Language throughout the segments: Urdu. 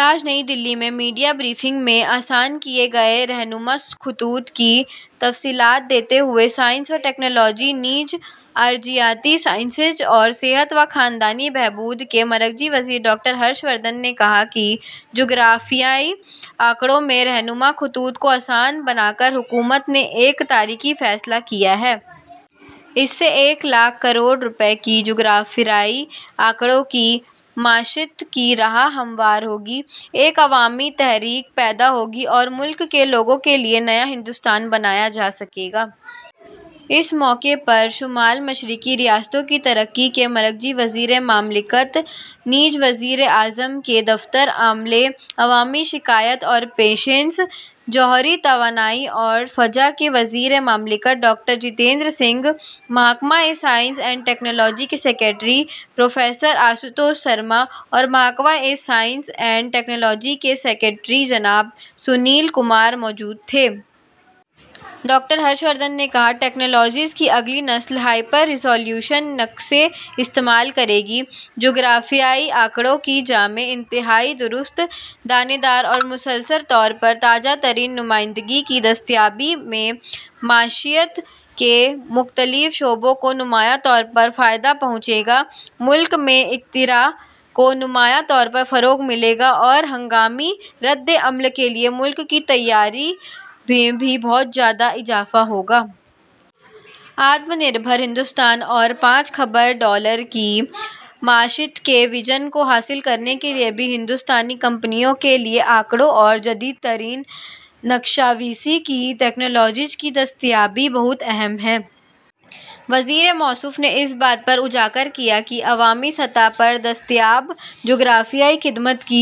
آج نئی دہلی میں میڈیا بریفنگ میں آسان کردہ رہنما خطوط کی تفصیلات دیتے ہوئے سائنس و ٹیکنالوجی، نیز ارضیاتی سائنسز اور صحت و خاندانی بہبود کے مرکزی وزیر ڈاکٹر ہرش وردھن نے کہا کہ جغرافیائی اعداد و شمار کے رہنما خطوط کو آسان بنا کر حکومت نے ایک تاریخی فیصلہ کیا ہے۔ اس سے ایک لاکھ کروڑ روپے کی جغرافیائی اعداد و شمار کی معیشت کی راہ ہموار ہوگی، ایک عوامی تحریک پیدا ہوگی اور ملک کے لوگوں کے لیے نیا ہندوستان بنایا جا سکے گا۔ اس موقع پر شمال مشرقی ریاستوں کی ترقی کے مرکزی وزیر مملکت، نیز وزیر اعظم کے دفتر، عملے، عوامی شکایات اور پنشن، جوہری توانائی اور خلا کے وزیر مملکت ڈاکٹر جتیندر سنگھ، محکمہ برائے سائنس و ٹیکنالوجی کے سکریٹری پروفیسر آشوتوش شرما اور محکمہ برائے سائنس و ٹیکنالوجی کے سکریٹری جناب سنیل کمار موجود تھے۔ ڈاکٹر ہرش وردھن نے کہا، "ٹیکنالوجیز کی اگلی نسل ہائپر ریزولوشن نقشے استعمال کرے گی۔ جغرافیائی اعداد و شمار کی جامع، انتہائی درست، دانے دار اور مستقل طور پر تازہ ترین نمائندگی کی دستیابی سے معیشت کے متنوع شعبوں کو نمایاں طور پر فائدہ پہنچے گا، ملک میں اختراع کو نمایاں طور پر فروغ ملے گا اور ہنگامی ردعمل کے لیے ملک کی تیاری میں بہت زیادہ اضافہ ہوگا۔ آتم نربھر بھارت اور پانچ کھرب ڈالر کی معیشت کے وژن کو حاصل کرنے کے لیے بھی ہندوستانی کمپنیوں کے لیے اعداد و شمار اور جدید ترین نقشہ سازی کی ٹیکنالوجیز کی دستیابی بہت اہم ہے۔ وزیر موصوف نے اس بات کو اجاگر کیا کہ "عوامی سطح پر دستیاب جغرافیائی خدمات کی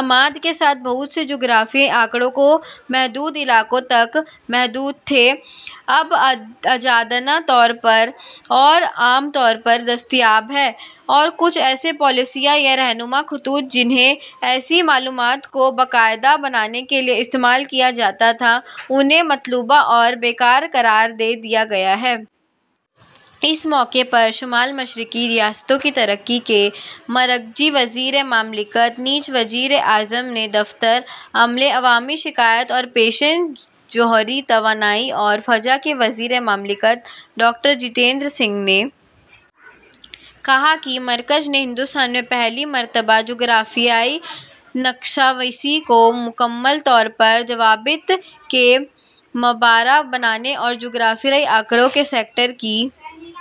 آمد کے ساتھ، بہت سے جغرافیائی اعداد و شمار جو محدود خطے میں رہتے تھے، اب آزادانہ طور پر اور عام طور پر دستیاب ہیں، اور کچھ ایسی پالیسیاں یا رہنما خطوط جنہیں ایسی معلومات کو باقاعدہ بنانے کے لیے استعمال کیا جاتا تھا، انہیں متروک اور بے کار قرار دے دیا گیا ہے۔" اس موقع پر شمال مشرقی ریاستوں کی ترقی کے مرکزی وزیر مملکت، نیز وزیر اعظم کے دفتر، عملے، عوامی شکایات اور پنشن، جوہری توانائی اور خلا کے وزیر مملکت ڈاکٹر جتیندر سنگھ نے کہا کہ مرکز نے ہندوستان میں پہلی مرتبہ جغرافیائی نقشہ سازی کو مکمل طور پر ضابطوں سے مبرا بنانے اور جغرافیائی اعداد و شمار کے سیکٹر کی